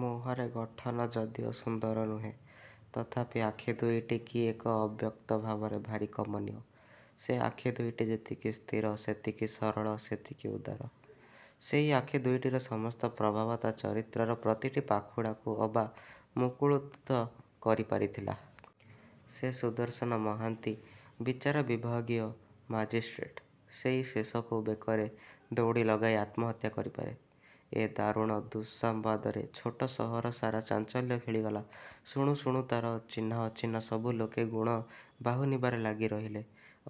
ମୁହଁରେ ଗଠନ ଯଦିଓ ସୁନ୍ଦର ନୁହେଁ, ତଥାପି ଆଖି ଦୁଇଟି କି ଏକ ଅବ୍ୟକ୍ତ ଭାବରେ ଭାରି କମନୀୟ! ସେ ଆଖି ଦୁଇଟି ଯେତିକି ସ୍ଥିର, ସେତିକି ସରଳ; ସେତିକି ଉଦାର ସେଇ ଆଖି ଦୁଇଟିର ସମସ୍ତ ପ୍ରଭାବ ତା ଚରିତ୍ରର ପ୍ରତିଟି ପାଖୁଡ଼ାକୁ ଅବା ମୁକୁଳିତ କରିପାରିଥିଲା। ସେ ସୁଦର୍ଶନ ମହାନ୍ତି, ବିଚାର ବିଭାଗୀୟ ମାଜିଷ୍ଟ୍ରେଟ। ସେଇ ଶେଷକୁ ବେକରେ ଦଉଡ଼ି ଲଗାଇ ଆତ୍ମହତ୍ୟା କରିପାରେ!ଏ ଦାରୁଣ ଦୁଃସମ୍ବାଦରେ ଛୋଟ ସହର ସାରା ଚାଞ୍ଚଲ୍ୟ ଖେଳିଗଲା। ଶୁଣୁ ଶୁଣୁ ତାର ଚିହ୍ନାଅଚିହ୍ନା ସବୁ ଲୋକେ, ଗୁଣ ବାହୁନିବାରେ ଲାଗି ରହିଲେ।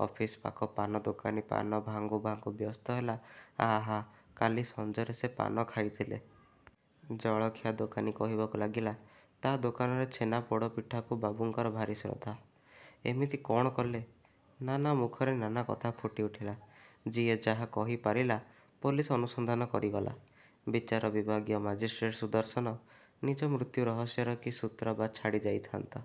ଅଫିସ୍ ପାଖ ପାନଦୋକାନୀ ପାନ ଭାଙ୍ଗୁ ଭାଙ୍ଗୁ ବ୍ୟସ୍ତ ହେଲା"ଆହା, କାଲି ସଞ୍ଜରେ ସେ ପାନ ଖାଇଥିଲେ।" ଜଳଖିଆ ଦୋକାନୀ କହିବାକୁ ଲାଗିଲା, "ତା' ଦୋକାନରେ ଛେନା ପୋଡ଼ପିଠାକୁ ବାବୁଙ୍କର ଭାରି ଶ୍ରଦ୍ଧା। ଏମିତି କଣ କଲେ?" ନାନା ମୁଖରେ ନାନା କଥା ଫୁଟିଉଠିଲା। ଯିଏ ଯାହା କହିପାରିଲା, ପୋଲିସ୍ ଅନୁସନ୍ଧାନ କରିଗଲା, ବିଚାର ବିଭାଗୀୟ ମାଜିଷ୍ଟ୍ରେଟ ସୁଦର୍ଶନ, ନିଜ ମୃତ୍ୟୁ ରହସ୍ୟର କି ସୂତ୍ର ବା ଛାଡ଼ି ଯାଇଥାନ୍ତା?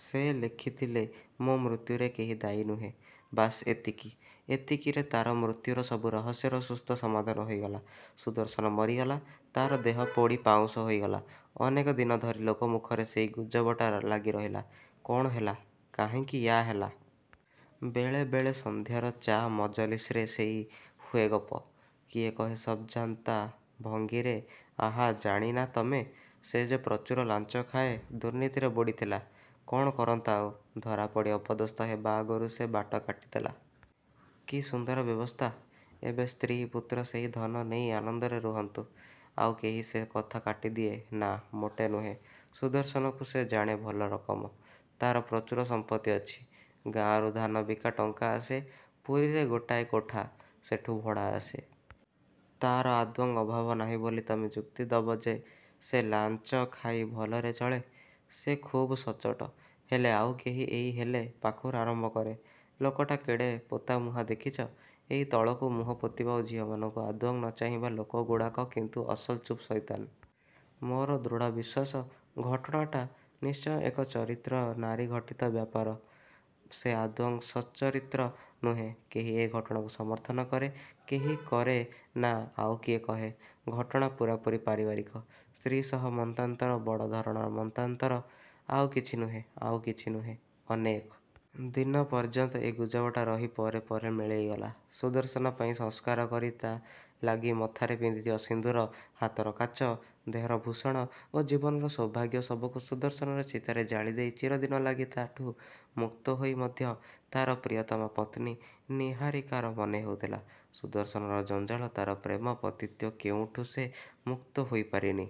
ସେ ଲେଖିଥିଲେ, "ମୋ' ମୃତ୍ୟୁରେ କେହି ଦାୟୀ ନୁହେଁ; ବାସ୍ ଏତିକି।"ଏତିକିରେ ତା'ର ମୃତ୍ୟୁର ସବୁ ରହସ୍ୟର ସୁସ୍ଥ ସମାଧାନ ହୋଇଗଲା। ସୁଦର୍ଶନ ମରିଗଲା। ତାର ଦେହ ପୋଡ଼ି ପାଉଁଶ ହୋଇଗଲା। ଅନେକ ଦିନ ଧରି ଲୋକମୁଖରେ ସେଇ ଗୁଜବଟା ଲାଗିରହିଲା। କ'ଣ ହେଲା? କାହିଁକି ୟା ହେଲା? ବେଳେ ବେଳେ ସଂଧ୍ୟାର ଚା ମଜଲିସ୍ରେ ସେଇ ହୁଏ ଗପ। କିଏ କହେ ସବ୍‌ଜାନ୍ତା ଭଙ୍ଗୀରେ, "ଆହା ଜାଣି ନା ତମେ, ସେ ଯେ ପ୍ରଚୁର ଲାଞ୍ଚ ଖାଏ, ଦୁର୍ନୀତିରେ ବୁଡ଼ିଥିଲା। କ'ଣ କରନ୍ତା ଆଉ? ଧରାପଡ଼ି ଅପଦସ୍ଥ ହେବା ଆଗରୁ ସେ ବାଟ କାଟିଦେଲା। କି ସୁନ୍ଦର ବ୍ୟବସ୍ଥା! ଏବେ ସ୍ତ୍ରୀ-ପୁତ୍ର ସେହି ଧନ ନେଇ ଆନନ୍ଦରେ ରହନ୍ତୁ।"ଆଉ କେହି ସେ କଥା କାଟିଦିଏ, "ନାଁ, ମୋଟେ ନୁହେଁ। ସୁଦର୍ଶନକୁ ସେ ଜାଣେ ଭଲ ରକମ। ତାର ପ୍ରଚୁର ସମ୍ପତ୍ତି ଅଛି। ଗାଁରୁ ଧାନ ବିକା ଟଙ୍କା ଆସେ। ପୁରୀରେ ଗୋଟାଏ କୋଠା; ସେଠୁ ଭଡ଼ା ଆସେ। ତାର ଆଦୌ ଅଭାବ ନାହିଁ ବୋଲି ତମେ ଯୁକ୍ତି ଦବ ଯେ ସେ ଲାଞ୍ଚ ଖାଇ ଭଲରେ ଚଳେ ସେ ଖୁବ୍ ସଚ୍ଚୋଟ ହେଲେଆଉ କେହି ଏଇ ହେଲେ ପାଖରୁ ଆରମ୍ଭ କରେ ଲୋକଟା କେଡ଼େ ପୋତାମୁହାଁ ଦେଖିଚ ଏଇ ତଳକୁ ମୁହଁପୋତିବା ଓ ଝିଅମାନଙ୍କୁ ଆଦୌ ନ ଚାହିଁବା ଲୋକଗୁଡ଼ାକ କିନ୍ତୁ ଅସଲ ଚୁପ୍‌ସଇତାନ। ମୋର ଦୃଢ଼ ବିଶ୍ୱାସ, ଘଟଣାଟା ନିଶ୍ଚୟ ଏକ ନାରୀଘଟିତ ବ୍ୟାପାର। ସେ ଆଦୌ ସଚ୍ଚରିତ୍ର ନୁହେଁ।"କେହି ଏ ଘଟଣାକୁ ସମର୍ଥନ କରେ, କେହି କରେ ନାଁ, ଆଉ କିଏ କହେ, "ଘଟଣା ପୂରାପୂରି ପାରିବାରିକ। ସ୍ତ୍ରୀ ସହ ମନାନ୍ତର, ବଡ଼ ଧରଣର ମନାନ୍ତର। ଆଉ କିଛି ନୁହେଁ, ଆଉ କିଛି ନୁହେଁ।"ଅନେକ ଦିନ ପର୍ଯ୍ୟନ୍ତ ଏ ଗୁଜବଟା ରହି ପରେ ପରେ ମିଳେଇଗଲା। ସୁଦର୍ଶନ ପାଇଁ ସଂସ୍କାର କରି, ତା' ଲାଗି ମଥାରେ ପିନ୍ଧିଥିବା ସିନ୍ଦୂର, ହାତର କାଚ, ଦେହର ଭୂଷଣ ଓ ଜୀବନର ସୌଭାଗ୍ୟ ସବୁକୁ ସୁଦର୍ଶନର ଚିତାରେ ଜାଳିଦେଇ ଚିରଦିନ ଲାଗି ତା' ଠୁ ମୁକ୍ତ ହୋଇ ମଧ୍ୟ, ତାର ପ୍ରିୟତମା ପତ୍ନୀ ନିହାରିକାର ମନେହେଉଥିଲା, ସୁଦର୍ଶନର ଜଞ୍ଜାଳ, ତାର ପ୍ରେମ, ପତିତ୍ୱ କେଉଁଠୁ ସେ ମୁକ୍ତ ହୋଇପାରିନି।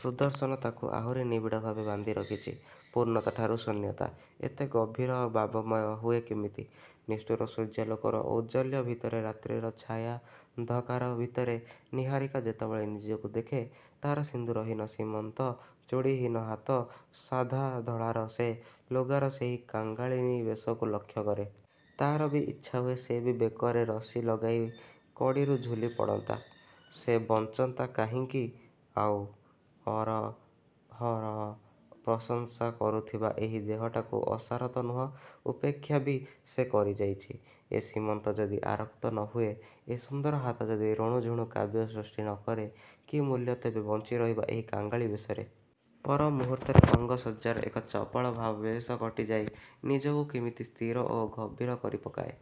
ସୁଦର୍ଶନ ତାକୁ ଆହୁରି ନିବିଡ଼ଭାବେ ବାନ୍ଧି ରଖିଚି। ପୂର୍ଣ୍ଣତା ଠାରୁ ଶୂନ୍ୟତା। ଏତେ ଗଭୀର ଭାବମୟ ହୁଏ କେମିତି? ନିଷ୍ଠୁର ସୂର୍ଯ୍ୟାଲୋକର ଔଜ୍ଜ୍ୱଲ୍ୟ ଭିତରେ, ରାତ୍ରିର ଛାୟାନ୍ଧକାର ଭିତରେ ନିହାରିକା ଯେତେବେଳେ ନିଜକୁ ଦେଖେ, ତାର ସିନ୍ଦୂରହୀନ ସୀମନ୍ତ, ଚୁଡ଼ିହୀନ ହାତ, ସାଧା ଧଳାର ସେ ଲୁଗାର ସେହି କାଙ୍ଗାଳିନୀ ବେଶକୁ ଲକ୍ଷ୍ୟକରେ। ତାର ବି ଇଚ୍ଛା ହୁଏ, ସେ ବି ବେକରେ ରଶି ଲଗାଇ କଡ଼ିରୁ ଝୁଲି ପଡ଼ନ୍ତା। ସେ ବଞ୍ଚନ୍ତା କାହିଁକି ଆଉ? ଅହରହ ପ୍ରଶଂସା କରୁଥିବା ଏହି ଦେହଟାକୁ ଅସାର ତ ନୁହଁ, ଉପେକ୍ଷା ବି ସେ କରିଯାଇଚି। ଏ ସୀମନ୍ତ ଯଦି ଆରକ୍ତ ନ ହୁଏ, ଏ ସୁନ୍ଦର ହାତ ଯଦି ରୁଣୁଝୁଣୁ କାବ୍ୟ ସୃଷ୍ଟି ନ କରେ, କି ମୂଲ୍ୟ ତେବେ ବଞ୍ଚିରହିବା ଏହି କାଙ୍ଗାଳି ବେଶରେ! ପରମୁହୂର୍ତ୍ତରେ ଅଙ୍ଗସଜ୍ଜାର ଏକ ଚପଳ ଭାବାବେଶ କଟିଯାଇ ନିଜକୁ କିମିତି ସ୍ଥିର ଓ ଗଭୀର କରିପକାଏ।